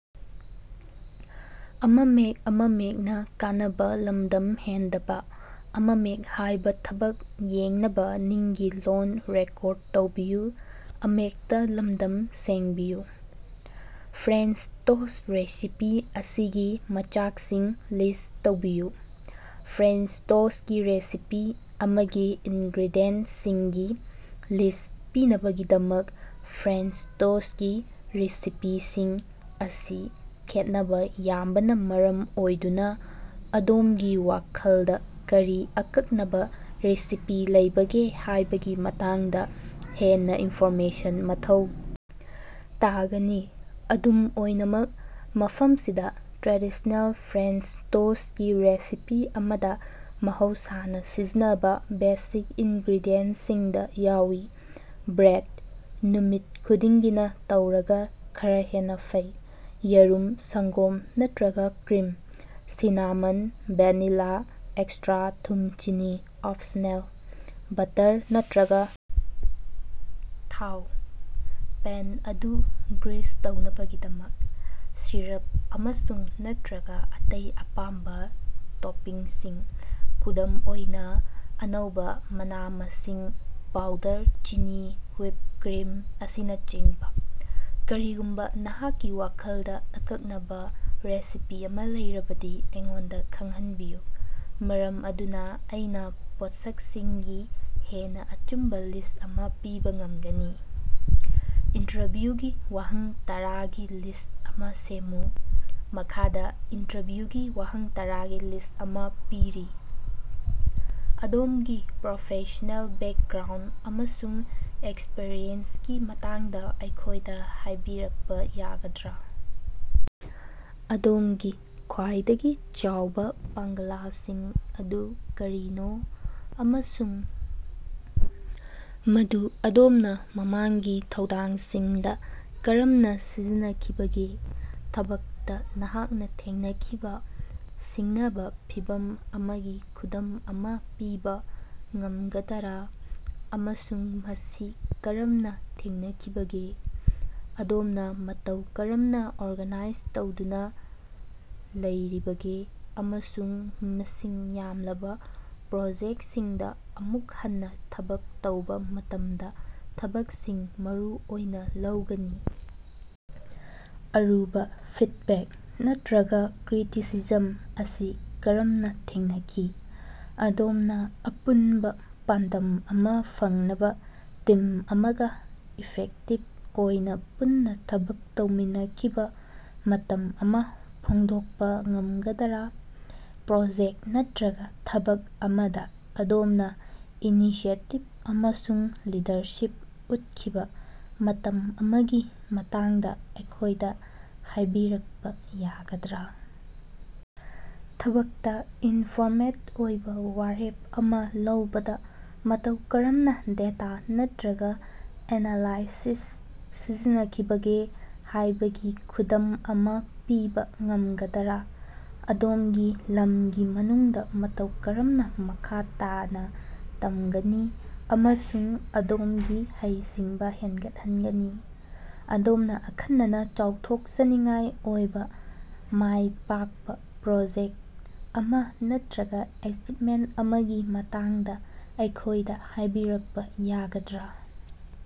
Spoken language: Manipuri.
ꯐ꯭ꯔꯦꯟꯆ ꯇꯣꯁꯇ ꯔꯦꯁꯤꯄꯤ ꯑꯁꯤꯒꯤ ꯃꯆꯥꯛꯁꯤꯡ ꯂꯤꯁꯇ ꯇꯧꯕꯤꯌꯨ꯫ ꯐ꯭ꯔꯦꯟꯆ ꯇꯣꯁꯇꯀꯤ ꯔꯦꯁꯤꯄꯤ ꯑꯃꯒꯤ ꯏꯪꯒꯔꯦꯗꯤꯌꯦꯟꯇꯁꯤꯡꯒꯤ ꯂꯤꯁꯇ ꯄꯤꯅꯕꯒꯤꯗꯃꯛ, ꯐ꯭ꯔꯦꯟꯆ ꯇꯣꯁꯇꯀꯤ ꯔꯦꯁꯤꯄꯤꯁꯤꯡ ꯑꯁꯤ ꯈꯦꯠꯅꯕ ꯌꯥꯝꯕꯅ ꯃꯔꯝ ꯑꯣꯏꯗꯨꯅ ꯑꯗꯣꯃꯒꯤ ꯋꯥꯈꯂꯗ ꯀꯔꯤ ꯑꯀꯛꯅꯕ ꯔꯦꯁꯤꯄꯤ ꯂꯩꯕꯒꯦ ꯍꯥꯌꯕꯒꯤ ꯃꯇꯥꯡꯗ ꯍꯦꯟꯅ ꯏꯟꯐꯣꯔꯃꯦꯁꯟ ꯃꯊꯧ ꯇꯥꯒꯅꯤ꯫ ꯑꯗꯨꯝ ꯑꯣꯏꯅꯃꯛ, ꯃꯐꯃꯁꯤꯗ ꯇ꯭ꯔꯦꯗꯤꯁꯅꯦꯜ ꯐ꯭ꯔꯦꯟꯆ ꯇꯣꯁꯇꯀꯤ ꯔꯦꯁꯤꯄꯤ ꯑꯃꯗ ꯃꯍꯧꯁꯥꯅ ꯁꯤꯖꯤꯟꯅꯕ ꯕꯦꯁꯤꯛ ꯏꯪꯒꯔꯦꯗꯤꯌꯦꯟꯇꯁꯤꯡꯗ ꯌꯥꯎꯏ ꯕ꯭ꯔꯦꯗ (ꯅꯨꯃꯤꯠ ꯈꯨꯗꯤꯡꯒꯤꯅ ꯇꯧꯔꯒ ꯈꯔ ꯍꯦꯟꯅ ꯐꯩ) ꯌ°ꯔꯨꯝ ꯁꯪꯒꯣꯝ ꯅꯠꯇꯔꯒ ꯀ꯭ꯔꯤꯝ ꯁꯤꯅꯥꯃꯟ ꯚꯦꯅꯤꯂ ꯑꯦꯛꯁꯇ꯭ꯔꯥ ꯊꯨꯝ ꯆꯤꯅꯤ (ꯑꯣꯞꯁꯅꯦꯜ) ꯕꯇꯔ ꯅꯠꯇꯔꯒ ꯊꯥꯎ ( ꯄꯦꯟ ꯑꯗꯨ ꯒ꯭ꯔꯤꯁ ꯇꯧꯅꯕꯒꯤꯗꯃꯛ) ꯁꯤꯔꯞ ꯑꯃꯁꯨꯡ/ꯅꯠꯇꯔꯒ ꯑꯇꯩ ꯑꯄꯥꯝꯕ ꯇꯣꯄꯤꯡꯁꯤꯡ (ꯈꯨꯗꯝ ꯑꯣꯏꯅ, ꯑꯅꯧꯕ ꯃꯅꯥ-ꯃꯁꯤꯡ, ꯄꯥꯎꯗꯔ ꯆꯤꯅꯤ, ꯍꯨꯏꯞ ꯀ꯭ꯔꯤꯝ, ꯑꯁꯤꯅꯆꯤꯡꯕ) ꯀꯔꯤꯒꯨꯝꯕ ꯅꯍꯥꯛꯀꯤ ꯋꯥꯈꯜꯗ ꯑꯀꯛꯅꯕ ꯔꯦꯁꯤꯄꯤ ꯑꯃ ꯂꯩꯔꯕꯗꯤ ꯑꯩꯉꯣꯟꯗ ꯈꯪꯍꯟꯕꯤꯌꯨ ꯃꯔꯝ ꯑꯗꯨꯅ ꯑꯩꯅ ꯄꯣꯠꯁꯛꯁꯤꯡꯒꯤ ꯍꯦꯟꯅ ꯑꯆꯨꯝꯕ ꯂꯤꯁ꯭ꯠ ꯑꯃ ꯄꯤꯕ ꯉꯃꯒꯅꯤ꯫ ꯏꯟꯇꯔꯚ꯭ꯌꯨꯒꯤ ꯋꯥꯍꯪ ꯇꯔꯥꯒꯤ ꯂꯤꯁꯇ ꯑꯃ ꯁꯦꯝꯃꯨ꯫ ꯃꯈꯥꯗ ꯏꯟꯇꯔꯚ꯭ꯌꯨꯒꯤ ꯋꯥꯍꯪ ꯇꯔꯥꯒꯤ ꯂꯤꯁꯇ ꯑꯃ ꯄꯤꯔꯤ: ꯑꯗꯣꯝꯒꯤ ꯄ꯭ꯔꯣꯐꯦꯁ꯭ꯅꯦꯜ ꯕꯦꯛꯒ꯭ꯔꯥꯎꯟꯗ ꯑꯃꯁꯨꯡ ꯑꯦꯛꯁꯄꯔꯤꯌꯦꯟꯁꯀꯤ ꯃꯇꯥꯡꯗ ꯑꯩꯈꯣꯏꯗ ꯍꯥꯌꯕꯤꯔꯛꯄ ꯌꯥꯒꯗ꯭ꯔ? ꯑꯗꯣꯃꯒꯤ ꯈ꯭ꯋꯥꯏꯗꯒꯤ ꯆꯥꯎꯕ ꯄꯥꯡꯒꯂꯁꯤꯡ ꯑꯗꯨ ꯀꯔꯤꯅꯣ ꯑꯃꯁꯨꯡ ꯃꯗꯨ ꯑꯗꯣꯝꯅ ꯃꯃꯥꯡꯒꯤ ꯊꯧꯗꯥꯡꯁꯤꯡꯗ ꯀꯔꯝꯅ ꯁꯤꯖꯤꯟꯅꯈꯤꯕꯒꯦ? ꯊꯕꯛꯇ ꯅꯍꯥꯛꯅ ꯊꯦꯡꯅꯈꯤꯕ ꯁꯤꯡꯅꯕ ꯐꯤꯚꯝ ꯑꯃꯒꯤ ꯈꯨꯗꯝ ꯑꯃ ꯄꯤꯕ ꯉꯃꯒꯗꯔ ꯑꯃꯁꯨꯡ ꯃꯁꯤ ꯀꯔꯝꯅ ꯊꯦꯡꯅꯈꯤꯕꯒꯦ? ꯑꯗꯣꯝꯅ ꯃꯇꯧ ꯀꯔꯝꯅ ꯑꯣꯔꯒꯅꯥꯏꯖ ꯇꯧꯗꯨꯅ ꯂꯩꯔꯤꯕꯒꯦ ꯑꯃꯁꯨꯡ ꯃꯁꯤꯡ ꯌꯥꯝꯂꯕ ꯄ꯭ꯔꯣꯖꯦꯛꯁꯤꯡꯗ ꯑꯃꯨꯛ ꯍꯟꯅ ꯊꯕꯛ ꯇꯧꯕ ꯃꯇꯃꯗ ꯊꯕꯛꯁꯤꯡ ꯃꯔꯨ ꯑꯣꯏꯅ ꯂꯧꯒꯅꯤ? ꯑꯔꯨꯕ ꯐꯤꯗꯕꯦꯛ ꯅꯠꯔꯒ ꯀ꯭ꯔꯤꯇꯤꯁꯤꯖꯝ ꯑꯁꯤ ꯀꯔꯝꯅ ꯊꯦꯡꯅꯤ? ꯑꯗꯣꯝꯅ ꯑꯄꯨꯟꯕ ꯄꯥꯟꯗꯝ ꯑꯃ ꯐꯪꯅꯕ ꯇꯤꯝ ꯑꯃꯒ ꯏꯐꯦꯛꯇꯤꯕ ꯑꯣꯏꯅ ꯄꯨꯟꯅ ꯊꯕꯛ ꯇꯧꯃꯤꯟꯅꯈꯤꯕ ꯃꯇꯝ ꯑꯃ ꯐꯣꯡꯗꯣꯛꯄ ꯉꯃꯒꯗꯔ? ꯄ꯭ꯔꯣꯖꯦꯛꯇ ꯅꯠꯔꯒ ꯊꯕꯛ ꯑꯃꯗ ꯑꯗꯣꯝꯅ ꯏꯅꯤꯁꯤꯌꯦꯇꯤꯕ ꯑꯃꯁꯨꯡ ꯂꯤꯗꯔꯁꯤꯞ ꯎꯠꯈꯤꯕ ꯃꯇꯝ ꯑꯃꯒꯤ ꯃꯇꯥꯡꯗ ꯑꯩꯈꯣꯌꯗ ꯍꯥꯌꯕꯤꯔꯀꯄ ꯌꯥꯒꯗ꯭ꯔ? ꯊꯕꯛꯇ ꯏꯅꯐꯣꯔꯃꯦꯗ ꯑꯣꯏꯕ ꯋꯥꯔꯦꯞ ꯑꯃ ꯂꯧꯕꯗ ꯃꯇꯧ ꯀꯔꯝꯅ ꯗꯦꯇ ꯅꯠꯔꯒ ꯑꯦꯅꯂꯥꯏꯁꯤꯁ ꯁꯤꯖꯤꯟꯅꯈꯤꯕꯒꯦ ꯍꯥꯌꯕꯒꯤ ꯈꯨꯗꯝ ꯑꯃ ꯄꯤꯕ ꯉꯝꯒꯗ꯭ꯔ? ꯑꯗꯣꯝꯒꯤ ꯂꯝꯒꯤ ꯃꯅꯨꯡꯗ ꯃꯇꯧ ꯀꯔꯝꯅ ꯃꯈꯥ ꯇꯥꯅ ꯇꯃꯒꯅꯤ ꯑꯃꯁꯨꯡ ꯑꯗꯣꯃꯒꯤ ꯍꯩꯁꯤꯡꯕ ꯍꯦꯟꯒꯠꯍꯟꯒꯅꯤ? ꯑꯗꯣꯃꯝꯅ ꯑꯈꯟꯅꯅ ꯆꯥꯎꯊꯣꯛꯆꯅꯤꯡꯉꯥꯏ ꯑꯣꯏꯕ ꯃꯥꯌ ꯄꯥꯛꯄ ꯄ꯭ꯔꯣꯖꯦꯛꯇ ꯑꯃ ꯅꯠꯔꯒ ꯑꯦꯆꯤꯕꯃꯦꯟꯇ ꯑꯃꯒꯤ ꯃꯇꯥꯡꯗ ꯑꯩꯈꯣꯏꯗ ꯍꯥꯏꯕꯤꯔꯛꯄ ꯌꯥꯒꯗ꯭ꯔ?